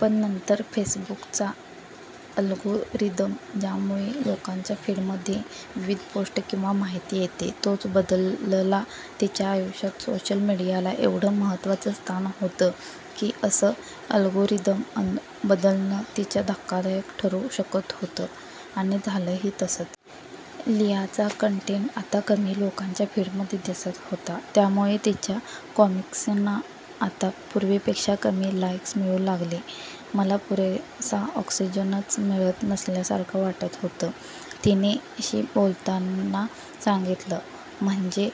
पण नंतर फेसबुकचा अल्गोरिदम, ज्यामुळे लोकांच्या फीडमध्ये विविध पोस्ट किंवा माहिती येते, तोच बदलला. तिच्या आयुष्यात सोशल मीडियाला एवढं महत्त्वाचं स्थान होतं की असं अल्गोरिदम बदलणं तिच्या धक्कादायक ठरू शकत होतं. आणि झालंही तसंच. लियाचा कन्टेन्ट आता कमी लोकांच्या फीडमध्ये दिसत होता. त्यामुळे तिच्या कॉमिक्सना आता पूर्वीपेक्षा कमी 'लाईक्स' मिळू लागले. मला पुरेसा ऑक्सिजनच मिळत नसल्यासारखं वाटत होतं तिने. शी बोलताना सांगितलं. म्हणजे,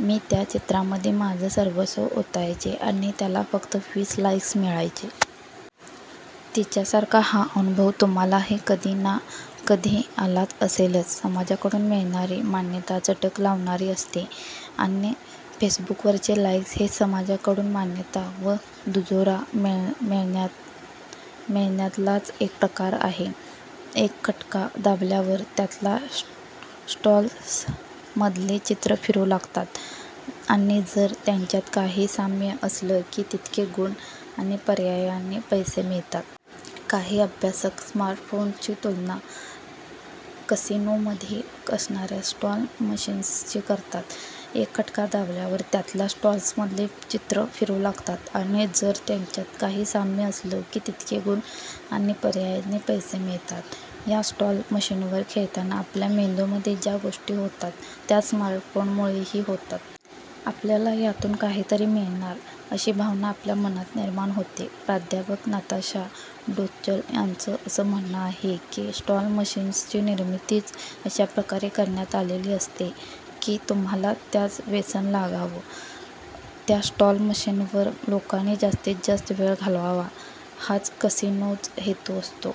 मी त्या चित्रामध्ये माझं सर्वस्व ओतायचे आणि त्याला फक्त वीस लाईक्स मिळायचे. तिच्यासारखा हा अनुभव तुम्हालाही कधी ना कधी आला असेलच. समाजाकडून मिळणारी मान्यता चटक लावणारी असते. आणि फेसबुकवरचे 'लाईक्स' हे समाजाकडून मान्यता वा दुजोरा मिळण्यातलाच एक प्रकार आहे. एक खटका दाबल्यावर त्यातल्या स्लॉट्समधले चित्रं फिरू लागतात आणि जर त्यांच्यात काही साम्य असलं की तितके गुण आणि पर्यायाने पैसे मिळतात. काही अभ्यासक स्मार्टफोन्सची तुलना कसीनोमध्ये असणाऱ्या स्लॉट मशीन्सशी करतात. एक खटका दाबल्यावर त्यातल्या स्लॉट्समधले चित्रं फिरू लागतात आणि जर त्यांच्यात काही साम्य असलं की तितके गुण आणि पर्यायाने पैसे मिळतात. या स्लॉट मशीनवर खेळताना आपल्या मेंदूमध्ये ज्या गोष्टी होतात त्याच स्मार्टफोनमुळेही होतात. आपल्याला यातून काहीतरी मिळणार, अशी भावना आपल्या मनात निर्माण होते. प्राध्यापक नताशा डो श्चल यांचं असं म्हणणं आहे की स्लॉट मशीन्सची निर्मितीच अशा प्रकारे करण्यात आलेली असते, की तुम्हाला त्याचं व्यसन लागाव. त्या स्लॉट मशीनवर लोकांनी जास्तीत जास्त वेळ घालवावा हाच कसिनोज हेतू असतो.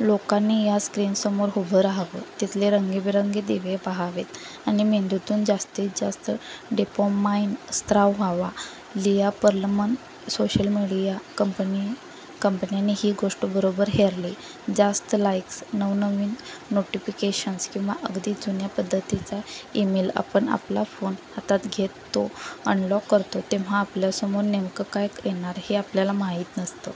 लोकांनी या स्क्रीन्ससमोर उभं रहावं, तिथले रंगीबेरंगी दिवे पाहावेत आणि मेंदूतून जास्तीत जास्त डोपामाईन स्त्राव व्हावा. लिया पर्लमन सोशल मीडिया कंपन्यांनी ही गोष्ट बरोबर हेरली. जास्त लाईक्स, नवनवीन नोटिफिकेशन्स किंवा अगदी जुन्या पद्धतीचा ईमेल आपण आपला फोन हातात घेत तो अनलॉक करतो तेव्हा आपल्यासमोर नेमकं काय येणार, हे आपल्याला माहीत नसतं.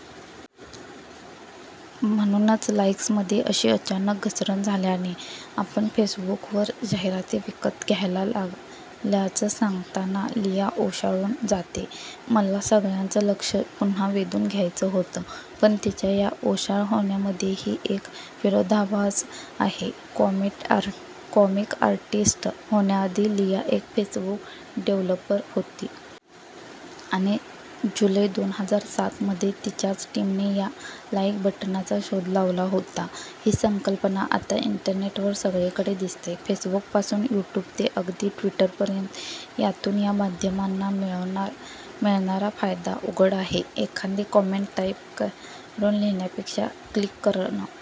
म्हणूनच लाईक्समध्ये अशी अचानक घसरण झाल्याने आपण फेसबुकवर जाहिराती विकत घ्यायला लागल्याचं सांगताना लिया ओशाळून जाते. मला सगळ्यांचं लक्ष पुन्हा वेधून घ्यायचं होतं. पण तिच्या या ओशाळं होण्यामध्येही एक विरोधाभास आहे. कॉमिक आर्टिस्ट होण्याआधी लिया एक फेसबुक डेव्हलपर होती. आणि जुलै दोन हजार सात मध्ये तिच्याच टीमने या 'लाईक बटन'चा शोध लावला होता. ही संकल्पना आता इंटरनेटवर सगळीकडे दिसते. फेसबुकपासून यूट्यूब ते अगदी ट्विटरपर्यंत. यातून या माध्यमांना मिळणारा फायदा उघड आहे. एखादी कॉमेंट टाईप करून लिहिण्यापेक्षा 'क्लिक' करणं